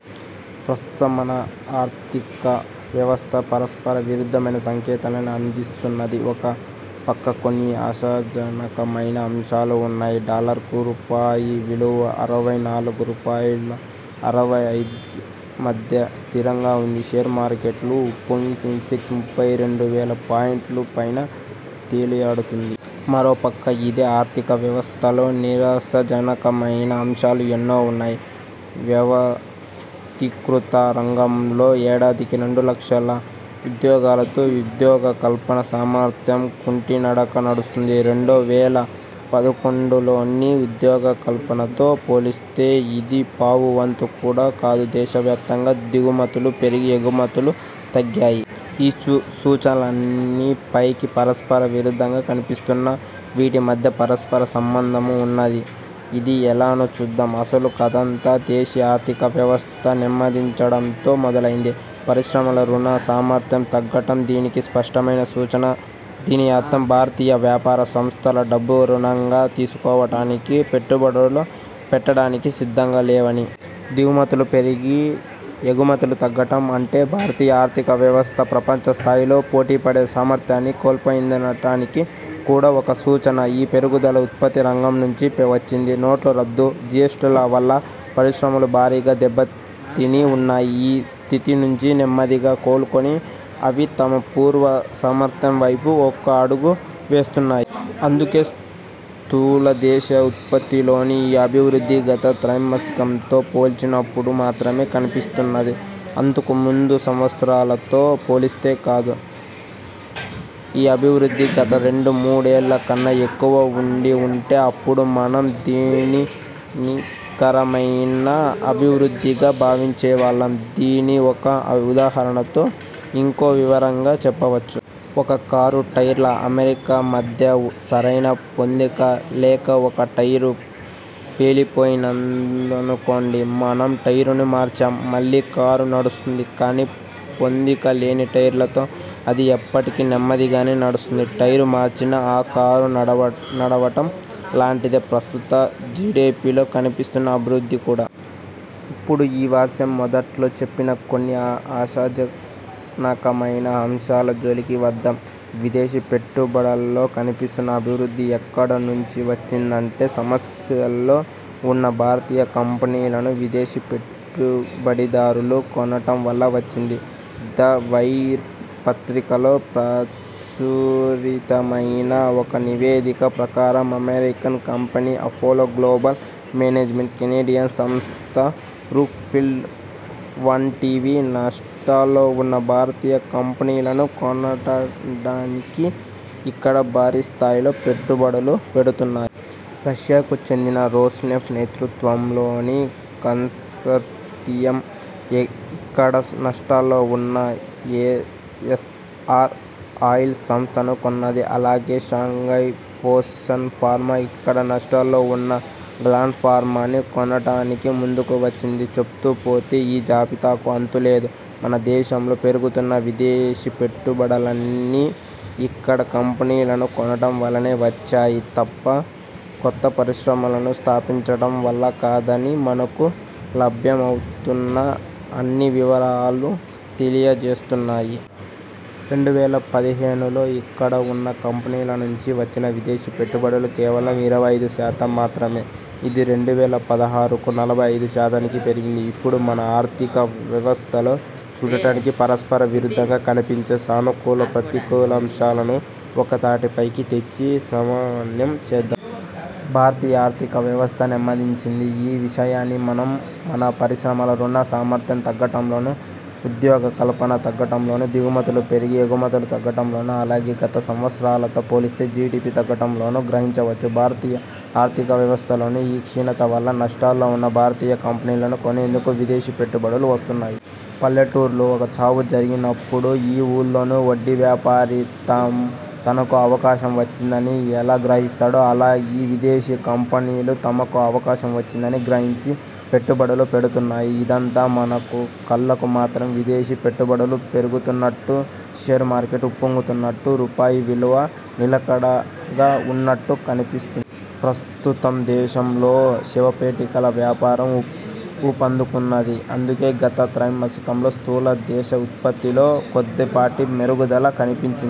ప్రస్తుతం మన ఆర్థిక వ్యవస్థ పరస్పర విరుద్ధమైన సంకేతాల్ని అందిస్తున్నది. ఒక పక్క కొన్ని ఆశాజనక మైన అంశాలు ఉన్నాయి. డాలరుకు రూపాయి విలువ అరవై నాలుగు రూపాయల అరవై ఐదులమధ్య స్థిరంగా ఉంది. షేర్ మార్కెట్లు ఉప్పొంగి సెన్సెక్స్ ముప్పై రెండు వేల పాయింట్ల పైన తేలియాడుతోంది. మరో పక్క ఇదే ఆర్థిక వ్యవస్థలో నిరాశాజనకమైన అంశాలూ ఎన్నో ఉన్నాయి. వ్యవస్థీకృత రంగంలో ఏడాదికి రెండు లక్షల ఉద్యోగాలతో ఉద్యోగ కల్పనా సామర్థ్యం కుంటి నడక నడుస్తోంది. రెండు వేల పదకొండులోని ఉద్యోగ కల్పనతో పోలిస్తే ఇది పావు వంతు కూడా కాదు. దేశవ్యాప్తంగా దిగుమతులు పెరిగి, ఎగుమతులు తగ్గాయి. ఈ సూచనలన్నీ పైకి పరస్పర విరుద్ధంగా కనిపిస్తున్నా వీటి మధ్య పరస్పర సంబంధమూ ఉన్నది. అది ఎలానో చూద్దాం. అసలు కథంతా దేశీయ ఆర్థిక వ్యవస్థ నెమ్మదించడంతో మొదలైంది. పరిశ్రమల రుణ సామర్థ్యం తగ్గటం దీనికి స్పష్టమైన సూచన. దీనర్థం భారతీయ వ్యాపార సంస్థలు డబ్బు రుణంగా తీసుకోవటానికీ, పెట్టుబడులు పెట్టడానికీ సిద్ధంగా లేవని. దిగుమతులు పెరిగి, ఎగుమతులు తగ్గటం అంటే భారతీయ ఆర్థిక వ్యవస్థ ప్రపంచ స్థాయిలో పోటీపడే సామర్థ్యాన్ని కోల్పోయిందనటానికి కూడా ఒక సూచన. ఈ పెరుగుదల ఉత్పత్తి రంగం నుంచి వచ్చింది. నోట్ల రద్దు, జీఎస్టీల వల్ల పరిశ్రమలు భారీగా దెబ్బతిని వున్నాయి. ఆ స్థితి నుంచి నెమ్మదిగా కోలుకొని అవి తమ పూర్వ సామర్థ్యం వైపు ఒక్కో అడుగూ వేస్తున్నాయి. అందుకే స్థూల దేశీయోత్పత్తిలోని ఈ అభివృద్ధి గత త్రైమాసికంతో పోల్చినప్పుడు మాత్రమే కనిపిస్తున్నది, అంతకు ముందు సంవత్సరాలతో పోలిస్తే కాదు. ఈ అభివృద్ధి గత రెండు మూడేళ్ళ కన్నా ఎక్కువ వుండి వుంటే అప్పుడు మనం దీన్నినికరమైన అభివృద్ధిగా భావించేవాళ్ళం. దీన్ని ఒక ఉదాహరణతో ఇంకా వివరంగా చెప్పవచ్చు. ఒక కారు టైర్ల అమరిక మధ్య సరైన పొందిక లేక ఒక టైరు పేలిపోయిందనుకోండి. మనం టైరుని మార్చాం, మళ్ళీ కారు నడుస్తుంది, కానీ పొందిక లేని టైర్లతో అది ఇప్పటికీ నెమ్మదిగానే నడుస్తోంది. టైరు మార్చిన ఆ కారు నడవటం లాంటిదే ప్రస్తుత జీడిపీలో కనిపిస్తున్న అభివృద్ధి కూడా. ఇప్పుడు ఈ వ్యాసం మొదట్లో చెప్పిన కొన్ని ఆశాజనకమైన అంశాల జోలికి వద్దాం. విదేశీ పెట్టుబడులలో కనిపిస్తున్న అభివృద్ధి ఎక్కడ నుంచి వచ్చిందంటే సమస్యల్లో ఉన్న భారతీయ కంపెనీలను విదేశీ పెట్టుబడిదారులు కొనటం వల్ల వచ్చింది. 'ద వైర్' పత్రికలో ప్రచురితమైన ఒక నివేదిక ప్రకారం American company Apollo Global Management, Canadian సంస్థ బ్రూక్ఫీల్డ్ వంటివి నష్టాల్లోవున్న భారతీయ కంపెనీలను కొనటానికే ఇక్కడ భారీ స్థాయిలో పెట్టుబడులు పెడుతున్నాయి. రష్యాకు చెందిన రోస్నెఫ్ట్ నేతృత్వంలోని కన్సార్టియమ్ ఇక్కడ నష్టాల్లో ఉన్న ఎస్సార్ ఆయిల్ సంస్థను కొన్నది. అలాగే షాంఘై ఫోసన్ ఫార్మా ఇక్కడ నష్టాల్లో వున్న గ్లాండ్ ఫార్మాని కొనటానికి ముందుకు వచ్చింది. చెప్తూ పోతే ఈ జాబితాకు అంతు లేదు. మన దేశంలో పెరుగుతున్న విదేశీ పెట్టుబడులన్నీ ఇక్కడ కంపెనీలను కొనటం వల్లనే వచ్చాయి తప్ప, కొత్త పరిశ్రమలను స్థాపించటం వల్ల కాదని మనకు లభ్యమవుతున్న అన్ని వివరాలూ తెలియ జేస్తున్నాయి. రెండు వేల పదిహేనులో ఇక్కడ ఉన్న కంపెనీల నుంచి వచ్చిన విదేశీ పెట్టుబడులు కేవలం ఇరవై ఐదు శాతం మాత్రమే. ఇది రెండు వేల పదహారుకు నలభై ఐదు శాతానికి పెరిగింది. ఇప్పుడు మన ఆర్థిక వ్యవస్థలో చూట్టానికి పరస్పర విరుద్ధంగా కనిపించే సానుకూల ప్రతికూలాంశాలను ఒక్కతాటి పైకి తెచ్చి సమన్వయం చేద్దాం. భారతీయ ఆర్థిక వ్యవస్థ నెమ్మదించింది. ఈ విషయాన్ని మనం మన పరిశ్రమల రుణ సామర్థ్యం తగ్గటంలోను, ఉద్యోగ కల్పన తగ్గటంలోను, దిగుమతులు పెరిగి ఎగుమతులు తగ్గటంలోను, అలాగే గత సంవత్సరాలతో పోలిస్తే జీడీపీ తగ్గటంలోను గ్రహించవచ్చు. భారతీయ ఆర్థిక వ్యవస్థలోని ఈ క్షీణత వల్ల నష్టాల్లో ఉన్న భారతీయ కంపెనీలను కొనేందుకు విదేశీ పెట్టుబడులు వస్తున్నాయి. పల్లెటూరిలో ఒక చావు జరిగినప్పుడు ఆ ఊళ్లోని వడ్డీ వ్యాపారి తనకో అవకాశం వచ్చిందని ఎలా గ్రహిస్తాడో, అలా ఈ విదేశీ కంపెనీలు తమకో అవకాశం వచ్చిందని గ్రహించి పెట్టుబడులు పెడుతున్నాయి. ఇదంతా మన కళ్ళకు మాత్రం విదేశీ పెట్టుబడులు పెరుగుతున్నట్టూ, షేర్ మార్కెట్ ఉప్పొంగుతున్నట్టూ, రూపాయి విలువ నిలకడగా ఉన్నట్టూ కనిపిస్తోంది. ప్రస్తుతం దేశంలో శవపేటికల వ్యాపారం ఊపందుకున్నది, అందుకే గత త్రైమాసికంలో స్థూల దేశీయోత్పత్తిలో కొద్దిపాటి మెరుగుదల కనిపించింది.